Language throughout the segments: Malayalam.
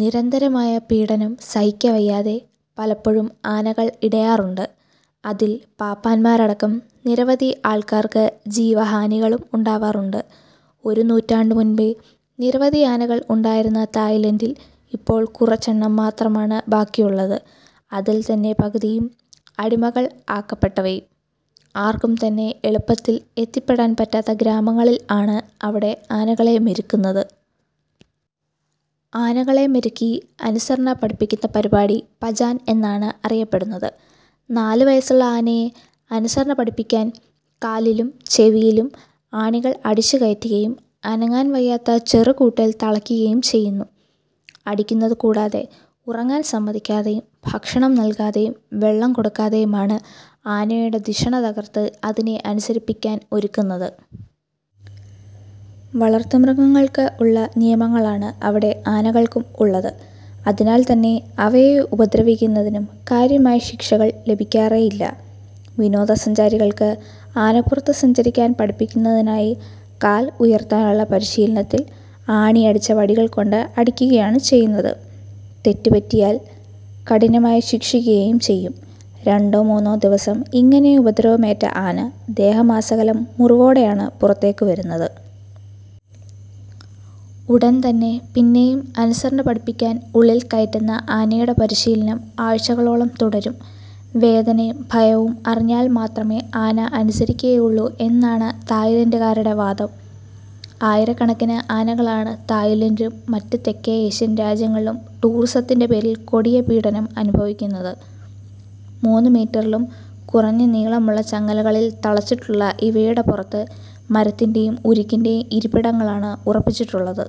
നിരന്തരമായ പീഡനം സഹിക്കവയ്യാതെ പലപ്പോഴും ആനകൾ ഇടയാറുണ്ട്, അതിൽ പാപ്പാന്മാരടക്കം നിരവധി ആൾക്കാർക്ക് ജീവഹാനികളും ഉണ്ടാവാറുണ്ട്. ഒരു നൂറ്റാണ്ടു മുൻപേ നിരവധി ആനകൾ ഉണ്ടായിരുന്ന തായിലൻ്റിൽ ഇപ്പോൾ കുറച്ച് എണ്ണം മാത്രമാണ് ബാക്കിയുള്ളത്, അതിൽ തന്നെ പകുതിയും അടിമകൾ ആക്കപ്പെട്ടവയും. ആർക്കും തന്നെ എളുപ്പത്തിൽ എത്തിപ്പെടാൻ പറ്റാത്ത ഗ്രാമങ്ങളിൽ ആണ് അവിടെ ആനകളെ മെരുക്കുന്നത്. ആനകളെ മെരുക്കി അനുസരണ പഠിപ്പിക്കുന്ന പരിപാടി പജാൻ എന്നാണ് അറിയപ്പെടുന്നത്. നാലു വയസ്സുള്ള ആനയെ അനുസരണ പഠിപ്പിക്കാൻ കാലിലും ചെവിയിലും ആണികൾ അടിച്ചുകയറ്റുകയും അനങ്ങാൻ വയ്യാത്ത ചെറുകൂട്ടിൽ തളയ്ക്കുകയും ചെയ്യുന്നു. അടിക്കുന്നതു കൂടാതെ ഉറങ്ങാൻ സമ്മതിക്കാതെയും, ഭക്ഷണം നൽകാതെയും, വെള്ളം കൊടുക്കാതെയും ആണ് ആനയുടെ ധിഷണ തകർത്ത് അതിനെ അനുസരിപ്പിക്കാൻ ഒരുക്കുന്നത്. വളർത്തുമൃഗങ്ങൾക്ക് ഉള്ള നിയമങ്ങളാണ് അവിടെ ആനകൾക്കും ഉള്ളത്, അതിനാൽ തന്നെ അവയെ ഉപദ്രവിക്കുന്നതിനും കാര്യമായ ശിക്ഷകൾ ലഭിക്കാറേ ഇല്ല. വിനോദസഞ്ചാരികൾക്ക് ആനപ്പുറത്തു സഞ്ചരിക്കാൻ പഠിപ്പിക്കുന്നതിനായി കാൽ ഉയർത്താനുള്ള പരിശീലനത്തിൽ ആണി അടിച്ച വടികൾ കൊണ്ട് അടിക്കുകയാണ് ചെയ്യുന്നത്. തെറ്റു പറ്റിയാൽ കഠിനമായി ശിക്ഷിക്കുകയും ചെയ്യും. രണ്ടോ മൂന്നോ ദിവസം ഇങ്ങനെ ഉപദ്രവമേറ്റ ആന ദേഹമാസകലം മുറിവോടെയാണ് പുറത്തേക്ക് വരുന്നത്. ഉടൻ തന്നെ പിന്നെയും അനുസരണ പഠിപ്പിക്കാൻ ഉള്ളിൽ കയറ്റുന്ന ആനയുടെ പരിശീലനം ആഴ്ചകളോളം തുടരും. വേദനയും ഭയവും അറിഞ്ഞാൽ മാത്രമേ ആന അനുസരിക്കുകയുള്ളൂ എന്നാണ് തായിലൻ്റുകാരുടെ വാദം. ആയിരക്കണക്കിന് ആനകളാണ് തായിലൻ്റിലും മറ്റു തെക്കേ ഏഷ്യൻ രാജ്യങ്ങളിലും ടൂറിസത്തിൻ്റെ പേരിൽ കൊടിയപീഡനം അനുഭവിക്കുന്നത്. മൂന്നുമീറ്ററിലും കുറഞ്ഞ നീളമുള്ള ചങ്ങലകളിൽ തളച്ചിട്ടുള്ള ഇവയുടെ പുറത്ത് മരത്തിൻ്റെയും ഉരുക്കിൻ്റെയും ഇരിപ്പിടങ്ങളാണ് ഉറപ്പിച്ചിട്ടുള്ളത്.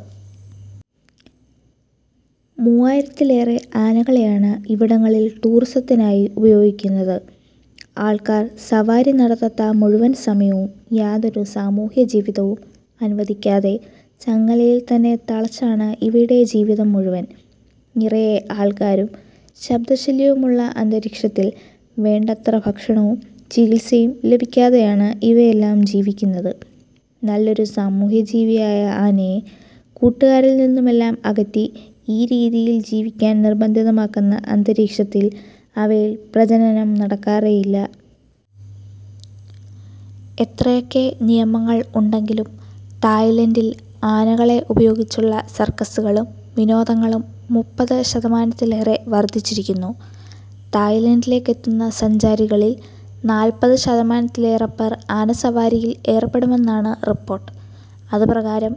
മൂവായിരത്തിലേറെ ആനകളെയാണ് ഇവിടങ്ങളിൽ ടൂറിസത്തിനായി ഉപയോഗിക്കുന്നത്. ആൾക്കാർ സവാരി നടത്താത്ത മുഴുവൻ സമയവും യാതൊരു സാമൂഹ്യജീവിതവും അനുവദിക്കാതെ ചങ്ങലയിൽ തന്നെ തളച്ചാണ് ഇവയുടെ ജീവിതം മുഴുവൻ. നിറയെ ആൾക്കാരും ശബ്ദശല്യവുമുള്ള അന്തരീക്ഷത്തിൽ വേണ്ടത്ര ഭക്ഷണവും ചികിത്സയും ലഭിക്കാതെയാണ് ഇവയെല്ലാം ജീവിക്കുന്നത്. നല്ലൊരു സാമൂഹ്യജീവിയായ ആനയെ കൂട്ടുകാരിൽ നിന്നുമെല്ലാം അകറ്റി ഈ രീതിയിൽ ജീവിക്കാൻ നിർബന്ധിതമാക്കുന്ന അന്തരീക്ഷത്തിൽ അവയിൽ പ്രജനനം നടക്കാറേയില്ല. എത്രയൊക്കെ നിയമങ്ങൾ ഉണ്ടെങ്കിലും തായിലൻ്റിൽ ആനകളെ ഉപയോഗിച്ചുള്ള സർക്കസ്സുകളും വിനോദങ്ങളും മുപ്പത് ശതമാനത്തിലേറെ വർദ്ധിച്ചിരിക്കുന്നു. തായിലൻ്റിലേക്കെത്തുന്ന സഞ്ചാരികളിൽ നാല്പത് ശതമാനത്തിലേറെപ്പേർ ആനസവാരിയിൽ ഏർപ്പെടുമെന്നാണ് റിപ്പോർട്ട്. അതുപ്രകാരം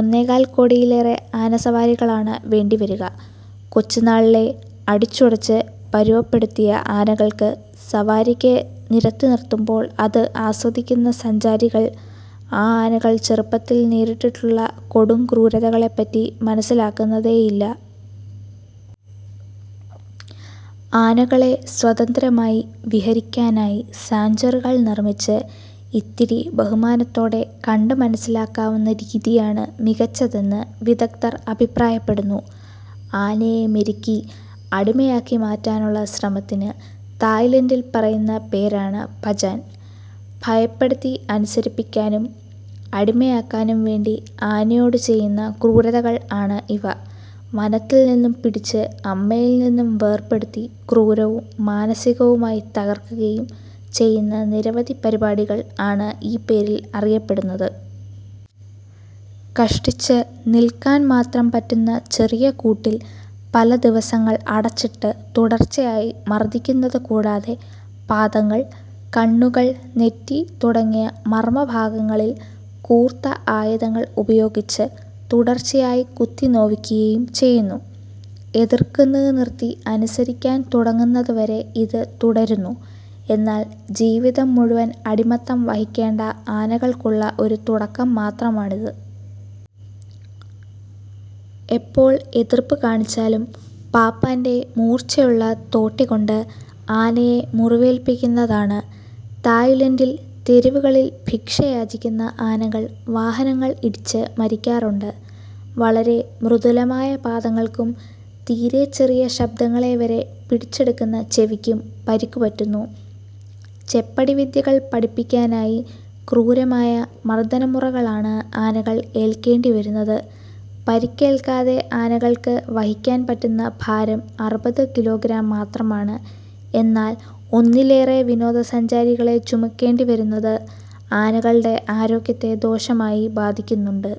ഒന്നേകാൽ കോടിയിലേറെ ആനസവാരികളാണ് വേണ്ടിവരിക. കൊച്ചുനാളിലേ അടിച്ചുടച്ച് പരുവപ്പെടുത്തിയ ആനകൾക്ക് സവാരിക്ക് നിരത്തിനിർത്തുമ്പോൾ അത് ആസ്വദിക്കുന്ന സഞ്ചാരികൾ ആ ആനകൾ ചെറുപ്പത്തിൽ നേരിട്ടിട്ടുള്ള കൊടുംക്രൂരതകളെപ്പറ്റി മനസ്സിലാക്കുന്നതേയില്ല. ആനകളെ സ്വന്തന്ത്രമായി വിഹരിക്കാനായി സാങ്ച്വറികൾ നിർമ്മിച്ച് ഇത്തിരി ബഹുമാനത്തോടെ കണ്ടുമനസ്സിലാക്കാവുന്ന രീതിയാണ് മികച്ചതെന്ന് വിദഗ്ധ്ർ അഭിപ്രായപ്പെടുന്നു. ആനയെ മെരുക്കി അടിമയാക്കിമാറ്റാനുള്ള ശ്രമത്തിനു തായിലൻ്റിൽ പറയുന്ന പേരാണ് പജാൻ. ഭയപ്പെടുത്തി അനുസരിപ്പിക്കാനും അടിമയാക്കാനും വേണ്ടി ആനയോടു ചെയ്യുന്ന ക്രൂരതകൾ ആണ് ഇവ. വനത്തിൽ നിന്നും പിടിച്ച് അമ്മയിൽ നിന്നും വേർപേടുത്തി ക്രൂരവും മാനസികമായി തകർക്കുകയും ചെയ്യുന്ന നിരവധി പരിപാടികൾ ആണ് ഈ പേരിൽ അറിയപ്പെടുന്നത്. കഷ്ടിച്ച് നിൽക്കാൻ മാത്രം പറ്റുന്ന ചെറിയ കൂട്ടിൽ പല ദിവസങ്ങൾ അടച്ചിട്ട് തുടർച്ചയായി മർദ്ദിക്കുന്നതു കൂടാതെ പാദങ്ങൾ, കണ്ണുകൾ, നെറ്റി തുടങ്ങിയ മർമ്മ ഭാഗങ്ങളിൽ കൂർത്ത ആയുധങ്ങൾ ഉപയോഗിച്ച് തുടർച്ചയായി കുത്തിനോവിക്കുകയും ചെയ്യുന്നു. എതിർക്കുന്നതു നിർത്തി അനുസരിക്കാൻ തുടങ്ങുന്നതുവരെ ഇത് തുടരുന്നു. എന്നാൽ ജീവിതം മുഴുവൻ അടിമത്തം വഹിക്കേണ്ട ആനകൾക്കുള്ള ഒരു തുടക്കം മാത്രമാണിത്. എപ്പോൾ എതിർപ്പ് കാണിച്ചാലും പാപ്പാൻ്റെ മൂർച്ചയുള്ള തോട്ടികൊണ്ട് ആനയെ മുറിവേൽപ്പിക്കുന്നതാണ്. തായിലൻ്റിൽ തെരുവുകളിൽ ഭിക്ഷ യാചിക്കുന്ന ആനകൾ വാഹനങ്ങൾ ഇടിച്ച് മരിക്കാറുണ്ട്. വളരെ മൃദുലമായ പാദങ്ങൾക്കും തീരെച്ചെറിയ ശബ്ദങ്ങളെ വരെ പിടിച്ചെടുക്കുന്ന ചെവിക്കും പരിക്കുപറ്റുന്നു. ചെപ്പടിവിദ്യകൾ പഠിപ്പിക്കാനായി ക്രൂരമായ മർദ്ദനമുറകളാണ് ആനകൾ ഏൽക്കേണ്ടിവരുന്നത്. പരിക്കേൽക്കാതെ ആനകൾക്ക് വഹിക്കാൻ പറ്റുന്ന ഭാരം അറുപത് കിലോഗ്രാം മാത്രമാണ്, എന്നാൽ ഒന്നിലേറെ വിനോദസഞ്ചാരികളെ ചുമക്കേണ്ടിവരുന്നത് ആനകളുടെ ആരോഗ്യത്തെ ദോഷമായി ബാധിക്കുന്നുണ്ട്.